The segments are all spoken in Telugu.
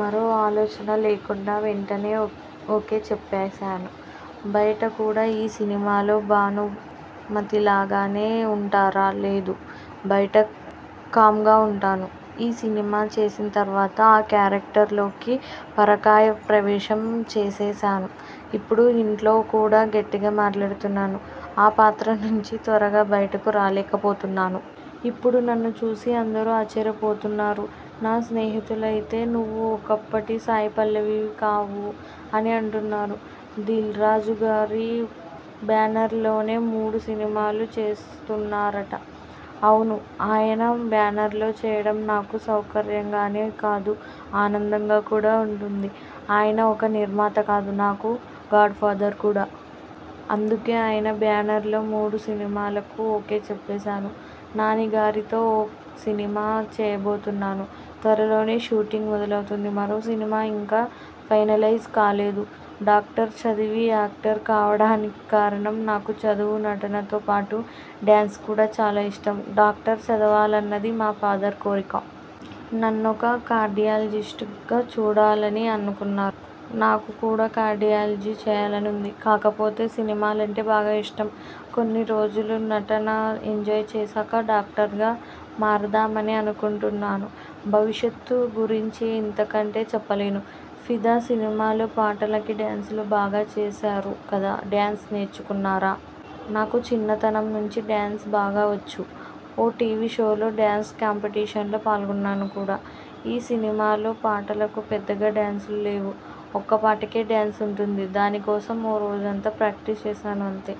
మరో ఆలోచన లేకుండా వెంటనే ఓకే చెప్పేశాను. బయట కూడా ఈ సినిమాలో భానుమతిలాగానే ఉంటారా? లేదు. బయట కామ్గా ఉంటాను. ఈ సినిమా చేసిన తరువాత ఆ క్యారెక్టర్లోకి పరకాయ ప్రవేశం చేసేశాను. ఇప్పుడు ఇంట్లో కూడా గట్టిగా మాట్లాడుతున్నాను. ఆ పాత్ర నుంచి త్వరగా బయటకు రాలేకపోతున్నాను. ఇప్పుడు నన్ను చూసి అందరూ ఆశ్చర్యపోతున్నారు. నా స్నేహితులైతే నువ్వు ఒకప్పటి సాయిపల్లవివి కావు అని అంటున్నారు. దిల్రాజుగారి బ్యానర్లోనే మూడు సినిమాలు చేస్తున్నారట? అవును. ఆయన బ్యానర్లో చేయడం నాకు సౌకర్యంగానే కాదు ఆనందంగా కూడా ఉంటుంది. ఆయన ఒక నిర్మాత కాదు, నాకు గాడ్ఫాదర్ కూడా! అందుకే ఆయన బ్యానర్లో మూడు సినిమాలకు ఓకే చెప్పేశాను. నానిగారితో ఓ సినిమా చేయబోతున్నాను. త్వరలోనే షూటింగ్ మొదలవుతుంది. మరో సినిమా ఇంకా ఫైనలైజ్ కాలేదు. డాక్టర్ చదివి యాక్టర్ కావడానికి కారణం? నాకు చదువు, నటనతో పాటు, డ్యాన్స్ కూడా చాలా ఇష్టం. డాక్టర్ చదవాలన్నది మా ఫాదర్ కోరిక. నన్నొక కార్డియాలజిస్ట్గా చూడాలని అనుకున్నారు. నాకు కూడా కార్డియాలజీ చేయాలని ఉంది. కాకపోతే సినిమాలంటే బాగా ఇష్టం. కొన్ని రోజులు నటిగా ఎంజాయ్ చేశాక డాక్టర్గా మారదామని అనుకుంటున్నాను. భవిష్యత్తు గురించి ఇంతకంటే చెప్పలేను. 'ఫిదా' సినిమాలో పాటలకి డ్యాన్సులు బాగా చేశారు కదా డ్యాన్స్ నేర్చుకున్నారా? నాకు చిన్నతనం నుంచి డ్యాన్స్ బాగా వచ్చు. ఓ టీవీ షోలో డ్యాన్స్ కాంపీటీషన్లో పాల్గొన్నాను కూడా. ఈ సినిమాలో పాటలకు పెద్దగా డ్యాన్స్లు లేవు. ఒక్కపాటకే డ్యాన్స్ ఉంటుంది. దాని కోసం ఓ రోజంతా ప్రాక్టీసు చేశాను అంతే!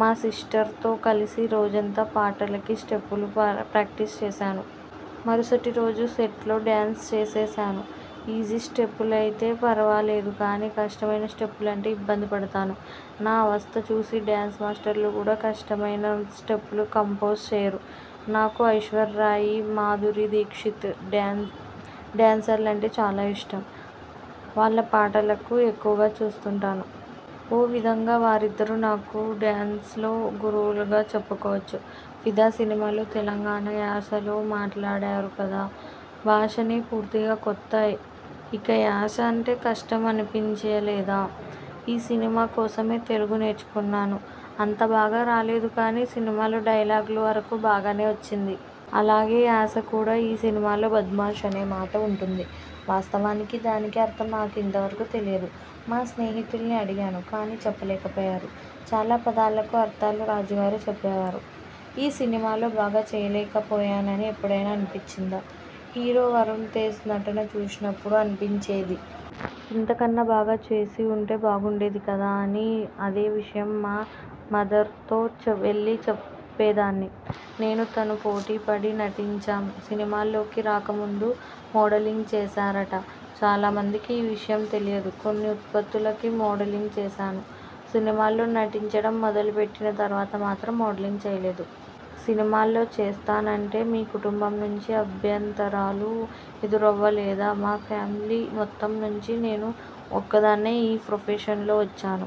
మా సిస్టర్తో కలిసి రోజంతా పాటకి స్టెప్పులు ప్రాక్టీసు చేశాను. మరుసటిరోజు సెట్లో డ్యాన్స్ చేసేశాను. ఈజీ స్టెప్పులయితే ఫరవాలేదు కానీ, కష్టమైన స్టెప్పులంటే ఇబ్బంది పడతాను. నా అవస్థ చూసి డ్యాన్స్ మాస్టర్లు కూడా కష్టమైన స్టెప్పులు కంపోజ్ చేయరు. నాకు ఐశ్వర్యారాయ్, మాధురి దీక్షిత్ డ్యాన్స్లంటే చాలా ఇష్టం. వాళ్ళ పాటలను ఎక్కువగా చూస్తుంటాను. ఓ విధంగా వారిద్దరూ నాకు డ్యాన్స్లో గురువులుగా చెప్పుకోవచ్చు. 'ఫిదా' సినిమాలో తెలంగాణ యాసలో మాట్లాడారు కదా! భాషనే పూర్తిగా కొత్త ఇక యాస అంటే కష్టం అనిపించలేదా? ఈ సినిమా కోసమే తెలుగు నేర్చుకున్నాను. అంత బాగా రాలేదు కానీ, సినిమాలో డైలాగుల వరకూ బాగానే వచ్చింది. అలాగే యాస కూడా! ఈ సినిమాలో 'బద్మాష్' అనే మాట ఉంటుంది. వాస్తవానికి దానికి అర్థం నాకు ఇంత వరకూ తెలియదు. మా స్నేహితుల్ని అడిగాను కానీ, చెప్పలేకపోయారు. చాలా పదాలకు అర్థాలు రాజుగారే చెప్పేవారు. ఈ సినిమాలో బాగా చేయలేకపోయానని ఎప్పుడైనా అనిపించిందా? హీరో వరుణ్తేజ్ నటన చూసినప్పుడు అనిపించేది. ఇంతకన్నా బాగా చేసి ఉంటే బాగుండేది కదా! అని అదే విషయం మా మదర్తో వెళ్ళి చెప్పేదాన్ని. నేనూ తను పోటీ పడి నటించాం. సినిమాల్లోకి రాకముందు మోడలింగ్ చేశారట? చాలామందికి ఈ విషయం తెలియదు. కొన్ని ఉత్పత్తులకి మోడలింగ్ చేశాను. సినిమాల్లో నటించడం మొదలు పెట్టిన తరువాత మాత్రం మోడలింగ్ చేయలేదు. సినిమాల్లో చేస్తానంటే మీ కుటుంబం నుంచి అభ్యంతరాలు ఎదురవ్వలేదా? మా ఫ్యామిలీ మొత్తం నుంచి నేను ఒక్కదాన్నే ఈ ప్రొఫెషన్లోకి వచ్చాను.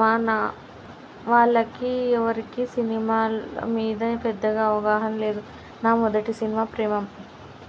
మా వాళ్ళకి ఎవరికీ సినిమాల మీద పెద్దగా అవగాహన లేదు. నా మొదటి సినిమా 'ప్రేమమ్'